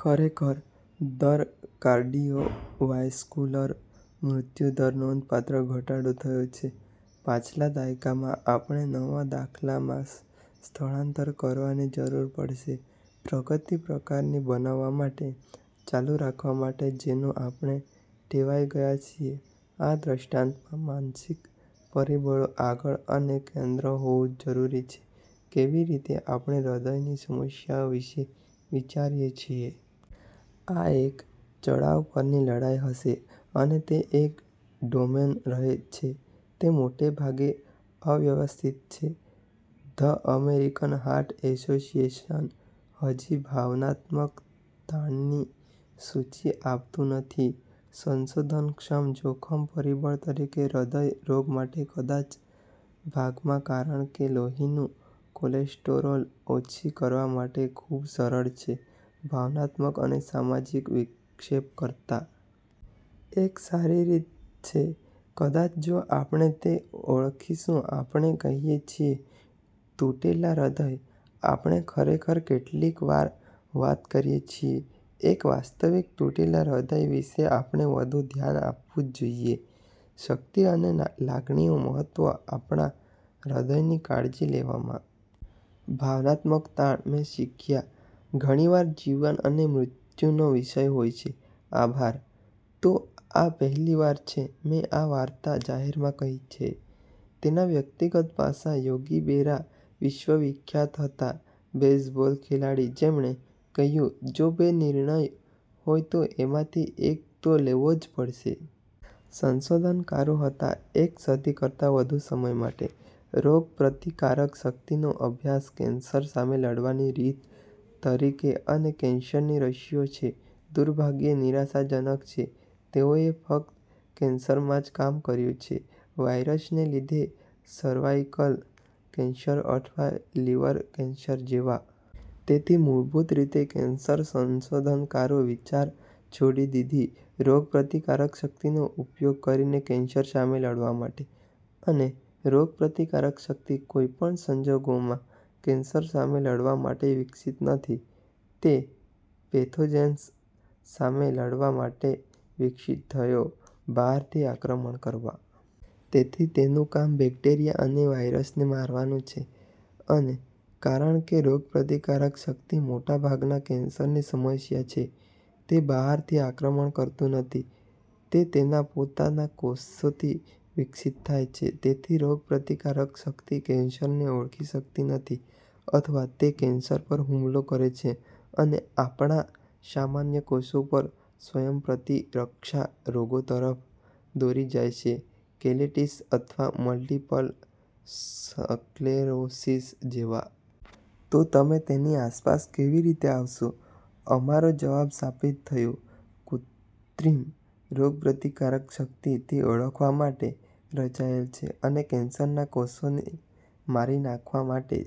ખરેખર દર કાર્ડિયોવાસ્ક્યુલર મૃત્યુદર નોંધપાત્ર ઘટાડો થયો છે પાછલા દાયકામાં. આપણે નવા દાખલામાં સ્થળાંતર કરવાની જરૂર પડશે પ્રગતિ પ્રકારની બનાવવા માટે, ચાલુ રાખવા માટે જેનો આપણે ટેવાઈ ગયા છીએ. આ દૃષ્ટાંતમાં માનસિક પરિબળો આગળ અને કેન્દ્ર હોવું જરૂરી છે કેવી રીતે આપણે હૃદયની સમસ્યાઓ વિશે વિચારીએ છીએ. આ એક ચડાવ પરની લડાઇ હશે અને તે એક ડોમેન રહે છે તે મોટે ભાગે અવ્યવસ્થિત છે. ધ અમેરિકન હાર્ટ એસોસિએશન હજી ભાવનાત્મક તાણની સૂચિ આપતું નથી. સંશોધનક્ષમ જોખમ પરિબળ તરીકે હૃદય રોગ માટે કદાચ ભાગમાં કારણ કે લોહીનું કોલેસ્ટરોલ ઓછી કરવા માટે ખૂબ સરળ છે ભાવનાત્મક અને સામાજિક વિક્ષેપ કરતાં. એક સારી રીત છે. કદાચ જો આપણે તે ઓળખીશું આપણે કહીએ છીએ "તૂટેલા હૃદય". આપણે ખરેખર કેટલીક વાર વાત કરીએ છીએ એક વાસ્તવિક તૂટેલા હૃદય વિશે. આપણે વધુ ધ્યાન આપવું જ જોઇએ શક્તિ અને લાગણીઓ મહત્વ આપણા હૃદયની કાળજી લેવામાં. ભાવનાત્મક તાણ મેં શીખ્યા ઘણીવાર જીવન અને મૃત્યુનો વિષય હોય છે. આભાર. તો આ પહેલીવાર છે મેં આ વાર્તા જાહેરમાં કહી છે. તેના વ્યક્તિગત પાસાં. યોગી બેરા વિશ્વવિખ્યાત હતા બેઝબોલ ખેલાડી જેમણે કહ્યું, "જો બે નિર્ણય હોય તો એમાંથી એક તો લેવો જ પડશે". સંશોધનકારો હતા એક સદી કરતાં વધુ સમય માટે. રોગપ્રતિકારક શક્તિનો અભ્યાસ કેન્સર સામે લડવાની રીત તરીકે અને કેન્સરની રસીઓ છે, દુર્ભાગ્યે, નિરાશાજનક છે. તેઓએ ફક્ત કેન્સરમાં જ કામ કર્યું છે વાયરસને લીધે સર્વાઇકલ કેન્સર અથવા લીવર કેન્સર જેવા. તેથી મૂળભૂત રીતે કેન્સર સંશોધનકારો વિચાર છોડી દીધી રોગપ્રતિકારક શક્તિનો ઉપયોગ કરીને કેન્સર સામે લડવા માટે. અને રોગપ્રતિકારક શક્તિ કોઈ પણ સંજોગોમાં કેન્સર સામે લડવા માટે વિકસિત નથી. તે પેથોજેન્સ સામે લડવા માટે વિકસિત થયો બહારથી આક્રમણ કરવા. તેથી તેનું કામ બેક્ટેરિયા અને વાયરસને મારવાનું છે. અને કારણ કે રોગપ્રતિકારક શક્તિ મોટા ભાગના કેન્સરની સમસ્યા છે, તે બહારથી આક્રમણ કરતું નથી. તે તેના પોતાના કોષોથી વિકસિત થાય છે. તેથી રોગપ્રતિકારક શક્તિ કેન્સરને ઓળખી સકતી નથી અથવા તે કેન્સર પર હુમલો કરે છે અને આપણા સામાન્ય કોષો પર, સ્વયંપ્રતિરક્ષા રોગો તરફ દોરી જાય છે કોલિટીસ અથવા મલ્ટીપલ સ્ક્લેરોસિસ જેવા. તો તમે તેની આસપાસ કેવી રીતે આવશો? અમારો જવાબ સાબિત થયો કૃત્રિમ રોગપ્રતિકારક શક્તિ તે ઓળખવા માટે રચાયેલ છે અને કેન્સરના કોષોને મારી નાખવા માટે.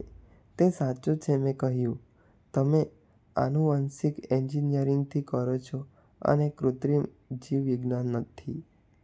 તે સાચું છે મેં કહ્યું. તમે આનુવંશિક એન્જિનિયરિંગથી કરો છો અને કૃત્રિમ જીવવિજ્ઞાન થી.